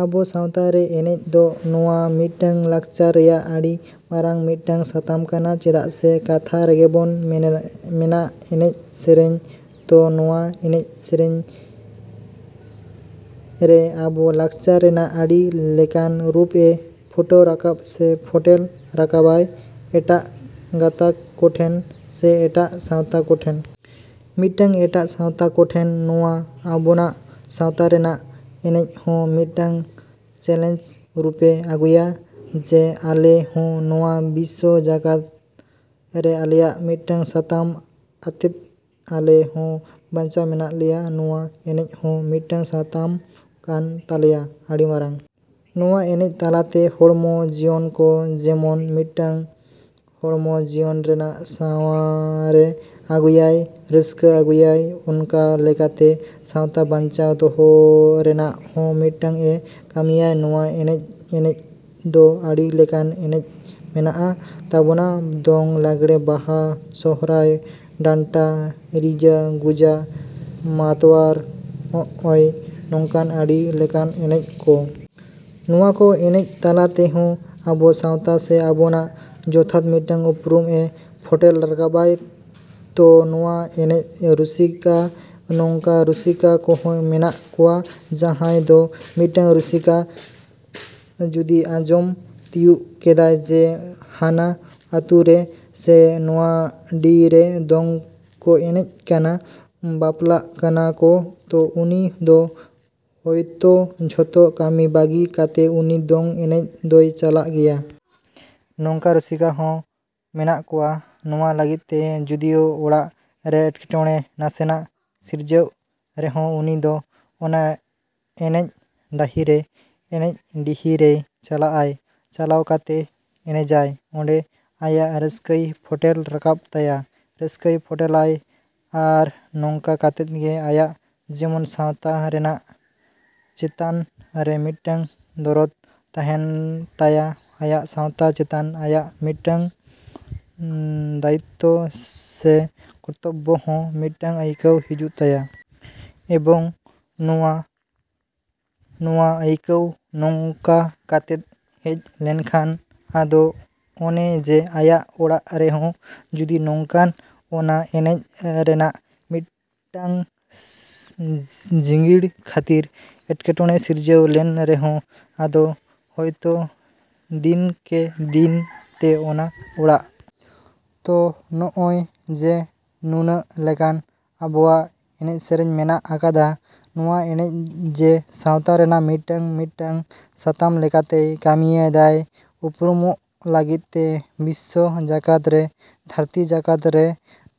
ᱟᱵᱚ ᱥᱟᱶᱛᱟ ᱨᱮ ᱮᱱᱮᱡ ᱫᱚ ᱱᱚᱣᱟ ᱢᱤᱫᱴᱟᱝ ᱞᱟᱠᱪᱟᱨ ᱨᱮᱱᱟᱜ ᱟᱹᱰᱤ ᱢᱟᱨᱟᱝ ᱢᱤᱫᱴᱟᱝ ᱥᱟᱛᱟᱢ ᱠᱟᱱᱟ, ᱪᱮᱫᱟᱜ ᱥᱮ ᱠᱟᱛᱷᱟ ᱨᱮᱜᱮᱵᱚᱱ ᱢᱮᱱᱟ ᱮᱱᱮᱡ ᱥᱮᱨᱮᱧ᱾ ᱛᱚ ᱱᱚᱣᱟ ᱮᱱᱮᱡ ᱥᱮ ᱥᱮᱨᱮᱧ ᱨᱮ ᱟᱵᱚ ᱞᱟᱠᱪᱟᱨ ᱨᱮᱱᱟᱜ ᱟᱹᱰᱤ ᱞᱮᱠᱟᱱ ᱨᱩᱯ ᱮ ᱯᱷᱩᱴᱟᱹᱣ ᱨᱟᱠᱟᱵᱟ ᱥᱮ ᱯᱷᱚᱴᱮᱞ ᱨᱟᱠᱟᱵᱟᱭ ᱮᱴᱟᱜ ᱜᱟᱛᱟᱠ ᱠᱚᱴᱷᱮᱱ ᱥᱮ ᱮᱴᱟᱜ ᱥᱟᱶᱛᱟ ᱠᱚᱴᱷᱮᱱ᱾ ᱢᱤᱫᱴᱟᱝ ᱮᱴᱟᱜ ᱥᱟᱶᱛᱟ ᱠᱚᱴᱷᱮᱱ ᱱᱚᱣᱟ ᱟᱵᱚᱱᱟᱜ ᱥᱟᱶᱛᱟ ᱨᱮᱱᱟᱜ ᱮᱱᱮᱡ ᱦᱚᱸ ᱢᱤᱫᱴᱟᱝ ᱪᱮᱞᱮᱧᱡᱽ ᱨᱩᱯᱮ ᱟᱹᱜᱩᱭᱟᱭ ᱡᱮ ᱟᱞᱮ ᱦᱚᱸ ᱱᱚᱣᱟ ᱵᱤᱥᱥᱚ ᱡᱟᱠᱟᱛ ᱨᱮ ᱟᱞᱮᱭᱟᱜ ᱢᱤᱫᱴᱟᱝ ᱥᱟᱛᱟᱢ ᱟᱛᱮᱫ ᱟᱞᱮ ᱦᱚᱸ ᱵᱟᱧᱪᱟᱣ ᱢᱮᱱᱟᱜ ᱞᱮᱭᱟ᱾ ᱱᱚᱣᱟ ᱮᱱᱮᱡ ᱦᱚᱸ ᱢᱤᱫᱴᱟᱝ ᱥᱟᱛᱟᱢ ᱠᱟᱱ ᱛᱟᱞᱮᱭᱟ ᱟᱹᱰᱤ ᱢᱟᱨᱟᱝ᱾ ᱱᱚᱣᱟ ᱮᱱᱮᱡ ᱛᱟᱞᱟᱛᱮ ᱦᱚᱲᱢᱚ ᱡᱤᱭᱚᱱ ᱠᱚ ᱡᱮᱢᱚᱱ ᱢᱤᱫᱴᱟᱝ ᱦᱚᱲᱢᱚ ᱡᱤᱭᱚᱱ ᱨᱮᱱᱟᱜ ᱥᱟᱶᱟᱨᱮ ᱟᱹᱜᱩᱭᱟᱭ, ᱨᱟᱹᱥᱠᱟᱹ ᱟᱹᱜᱩᱭᱟᱭ, ᱚᱱᱠᱟ ᱞᱮᱠᱟᱛᱮ ᱥᱟᱶᱛᱟ ᱵᱟᱧᱪᱟᱣ ᱫᱚᱦᱚ ᱨᱮᱱᱟᱜ ᱦᱚᱸ ᱢᱤᱫᱴᱟᱝ ᱮ ᱠᱟᱹᱢᱤᱭᱟ ᱱᱚᱣᱟ ᱮᱱᱮᱡ᱾ ᱮᱱᱮᱡ ᱫᱚ ᱟᱹᱰᱤ ᱞᱮᱠᱟᱱ ᱮᱱᱮᱡ ᱢᱮᱱᱟᱜ ᱛᱟᱵᱚᱱᱟ: ᱫᱚᱝ, ᱞᱟᱜᱽᱲᱮ, ᱵᱟᱦᱟ, ᱥᱚᱨᱦᱟᱭ, ᱰᱟᱱᱴᱟ, ᱨᱤᱡᱟᱹ, ᱜᱩᱡᱟᱹ, ᱢᱟᱛᱣᱟᱨ, ᱦᱚᱜᱼᱚᱭ ᱱᱚᱝᱠᱟᱱ ᱟᱹᱰᱤ ᱞᱮᱠᱟᱱ ᱮᱱᱮᱡ ᱠᱚ᱾ ᱱᱚᱣᱟ ᱠᱚ ᱮᱱᱮᱡ ᱛᱟᱞᱟ ᱛᱮᱦᱚᱸ ᱟᱵᱚ ᱥᱟᱶᱛᱟ ᱥᱮ ᱟᱵᱚᱱᱟᱜ ᱡᱚᱛᱷᱟᱛ ᱢᱤᱫᱴᱟᱝ ᱩᱯᱨᱩᱢ ᱮ ᱯᱷᱚᱴᱮᱞ ᱨᱟᱠᱟᱵᱟᱭ᱾ ᱛᱚ ᱱᱚᱣᱟ ᱮᱱᱮᱡ ᱨᱩᱥᱤᱠᱟ, ᱱᱚᱝᱠᱟ ᱨᱩᱥᱤᱠᱟ ᱠᱚᱦᱚᱸ ᱢᱮᱱᱟᱜ ᱠᱚᱣᱟ ᱡᱟᱦᱟᱸᱭ ᱫᱚ ᱢᱤᱫᱴᱟᱝ ᱨᱩᱥᱤᱠᱟ ᱡᱩᱫᱤ ᱟᱸᱡᱚᱢ ᱛᱤᱭᱳᱜ ᱠᱮᱫᱟᱭ ᱡᱮ ᱦᱟᱱᱟ ᱟᱛᱩᱨᱮ ᱥᱮ ᱱᱚᱣᱟ ᱰᱤ ᱨᱮ ᱫᱚᱝ ᱠᱚ ᱮᱱᱮᱡ ᱠᱟᱱᱟ, ᱵᱟᱯᱞᱟᱜ ᱠᱟᱱᱟ ᱠᱚ, ᱛᱚ ᱩᱱᱤ ᱫᱚ ᱦᱚᱭᱛᱳ ᱡᱚᱛᱚ ᱠᱟᱹᱢᱤ ᱵᱟᱹᱜᱤ ᱠᱟᱛᱮ ᱩᱱᱤ ᱫᱚᱝ ᱮᱱᱮᱡ ᱫᱚᱭ ᱪᱟᱞᱟᱜ ᱜᱮᱭᱟ᱾ ᱱᱚᱝᱠᱟ ᱨᱩᱥᱤᱠᱟ ᱦᱚᱸ ᱢᱮᱱᱟᱜ ᱠᱚᱣᱟ ᱱᱚᱣᱟ ᱞᱟᱹᱜᱤᱫ ᱛᱮ ᱡᱚᱫᱤᱭᱳ ᱚᱲᱟᱜ ᱨᱮ ᱮᱴᱠᱮᱴᱚᱬᱮ ᱱᱟᱥᱮᱱᱟᱜ ᱥᱤᱨᱡᱟᱹᱜ ᱨᱮᱦᱚᱸ ᱩᱱᱤ ᱫᱚ ᱚᱱᱟ ᱮᱱᱮᱡ ᱰᱟᱹᱦᱤᱨᱮ, ᱮᱱᱮᱡ ᱰᱤᱦᱤ ᱨᱮᱭ ᱪᱟᱞᱟᱜᱼᱟᱭ᱾ ᱪᱟᱞᱟᱣ ᱠᱟᱛᱮ ᱮᱱᱮᱡᱟᱭ, ᱚᱸᱰᱮ ᱟᱭᱟᱜ ᱨᱟᱹᱥᱠᱟᱹᱭ ᱯᱷᱚᱴᱮᱞ ᱨᱟᱠᱟᱵ ᱛᱟᱭᱟ, ᱨᱟᱹᱥᱠᱟᱹᱭ ᱯᱷᱚᱴᱮᱞᱟᱭ ᱟᱨ ᱱᱚᱝᱠᱟ ᱠᱟᱛᱮᱫ ᱜᱮ ᱟᱭᱟᱜ ᱡᱮᱢᱚᱱ ᱥᱟᱶᱛᱟ ᱨᱮᱱᱟᱜ ᱪᱮᱛᱟᱱ ᱨᱮ ᱢᱤᱫᱴᱟᱝ ᱫᱚᱨᱚᱫ ᱛᱟᱦᱮᱱ ᱛᱟᱭᱟ, ᱟᱭᱟᱜ ᱥᱟᱶᱛᱟ ᱪᱮᱛᱟᱱ ᱟᱭᱟᱜ ᱢᱤᱫᱴᱟᱝ ᱫᱟᱭᱤᱛᱛᱚ ᱥᱮ ᱠᱚᱨᱛᱚᱵᱵᱚ ᱦᱚᱸ ᱢᱤᱫᱴᱟᱝ ᱟᱹᱭᱠᱟᱹᱣ ᱦᱤᱡᱩᱜ ᱛᱟᱭᱟ᱾ ᱮᱵᱚᱝ ᱱᱚᱣᱟ ᱱᱚᱣᱟ ᱟᱹᱭᱠᱟᱹᱣ ᱱᱚᱝᱠᱟ ᱠᱟᱛᱮᱜ ᱦᱮᱡ ᱞᱮᱱᱠᱷᱟᱱ ᱟᱫᱚ ᱚᱱᱮ ᱡᱮ ᱟᱭᱟᱜ ᱚᱲᱟᱜ ᱨᱮᱦᱚᱸ ᱡᱩᱫᱤ ᱱᱚᱝᱠᱟᱱ ᱚᱱᱟ ᱮᱱᱮᱡ ᱨᱮᱱᱟᱜ ᱢᱤᱫᱴᱟᱝ ᱡᱤᱜᱤᱲ ᱠᱷᱟᱹᱛᱤᱨ ᱮᱴᱠᱮᱴᱚᱬᱮ ᱥᱤᱨᱡᱟᱹᱣ ᱞᱮᱱ ᱨᱮᱦᱚᱸ ᱟᱫᱚ ᱦᱚᱭᱛᱚ ᱫᱤᱱᱠᱮ ᱫᱤᱱ ᱛᱮ ᱚᱱᱟ ᱚᱲᱟᱜ ᱛᱚ ᱱᱚᱜᱼᱚᱭ ᱡᱮ ᱱᱩᱱᱟᱹᱜ ᱞᱮᱠᱟᱱ ᱟᱵᱚᱣᱟᱜ ᱮᱱᱮᱡ ᱥᱮᱨᱮᱧ ᱢᱮᱱᱟᱜ ᱟᱠᱟᱫᱟ, ᱱᱚᱣᱟ ᱮᱱᱮᱡ ᱡᱮ ᱥᱟᱶᱛᱟ ᱨᱮᱱᱟᱜ ᱢᱤᱫᱴᱟᱝ ᱢᱤᱫᱴᱟᱝ ᱥᱟᱛᱟᱢ ᱞᱮᱠᱟᱛᱮᱭ ᱠᱟᱹᱢᱤᱭᱮᱫᱟᱭ ᱩᱯᱨᱩᱢᱩᱜ ᱞᱟᱹᱜᱤᱫ ᱛᱮ ᱵᱤᱥᱥᱚ ᱡᱟᱠᱟᱛ ᱨᱮ, ᱫᱷᱟᱹᱨᱛᱤ ᱡᱟᱠᱟᱛ ᱨᱮ,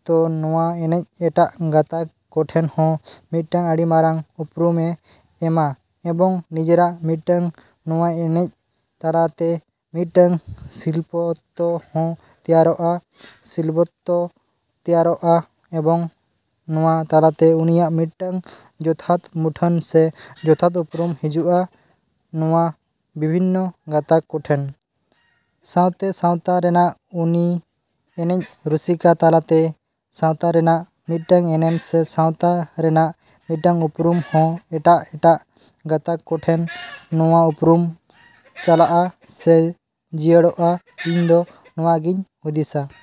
ᱛᱚ ᱱᱚᱣᱟ ᱮᱱᱮᱡ ᱮᱴᱟᱜ ᱜᱟᱛᱟᱠ ᱠᱚᱴᱷᱮᱱ ᱦᱚᱸ ᱢᱤᱫᱴᱟᱝ ᱟᱹᱰᱤ ᱢᱟᱨᱟᱝ ᱩᱯᱨᱩᱢᱮ ᱮᱢᱟ ᱮᱵᱚᱝ ᱱᱤᱡᱮᱨᱟᱜ ᱢᱤᱫᱴᱟᱱ ᱱᱚᱣᱟ ᱮᱱᱮᱡ ᱛᱟᱞᱟᱛᱮ ᱢᱤᱫᱴᱟᱝ ᱥᱤᱞᱯᱚᱛᱛᱚ ᱦᱚᱸ ᱛᱮᱭᱟᱨᱚᱜᱼᱟ, ᱥᱤᱞᱯᱚᱛᱛᱚ ᱛᱮᱭᱟᱨᱚᱜᱼᱟ ᱮᱵᱚᱝ ᱱᱚᱣᱟ ᱛᱟᱞᱟᱛᱮ ᱩᱱᱤᱭᱟᱜ ᱢᱤᱫᱴᱟᱝ ᱡᱚᱛᱷᱟᱛ ᱢᱩᱴᱷᱟᱹᱱ ᱥᱮ ᱡᱚᱛᱷᱟᱛ ᱩᱯᱨᱩᱢ ᱦᱤᱡᱩᱜᱼᱟ ᱱᱚᱣᱟ ᱵᱤᱵᱷᱤᱱᱱᱚ ᱜᱟᱛᱟᱠ ᱠᱚᱴᱷᱮᱱ᱾ ᱥᱟᱶᱛᱮ ᱥᱟᱶᱛᱟ ᱨᱮᱱᱟᱜ ᱩᱱᱤ ᱮᱱᱮᱡ ᱨᱩᱥᱤᱠᱟ ᱛᱟᱞᱟᱛᱮ ᱥᱟᱶᱛᱟ ᱨᱮᱱᱟᱜ ᱢᱤᱫᱴᱟᱝ ᱮᱱᱮᱢ ᱥᱮ ᱥᱟᱶᱛᱟ ᱨᱮᱱᱟᱜ ᱢᱤᱫᱴᱟᱝ ᱩᱯᱨᱩᱢ ᱦᱚᱸ ᱮᱴᱟᱜ ᱮᱴᱟᱜ ᱜᱟᱛᱟᱠ ᱠᱚᱴᱷᱮᱱ ᱱᱚᱣᱟ ᱩᱯᱨᱩᱢ ᱪᱟᱞᱟᱜᱼᱟ ᱥᱮ ᱡᱤᱭᱟᱹᱲᱚᱜᱼᱟ᱾ ᱤᱧ ᱫᱚ ᱱᱚᱣᱟ ᱜᱮᱧ ᱦᱩᱫᱤᱥᱟ᱾।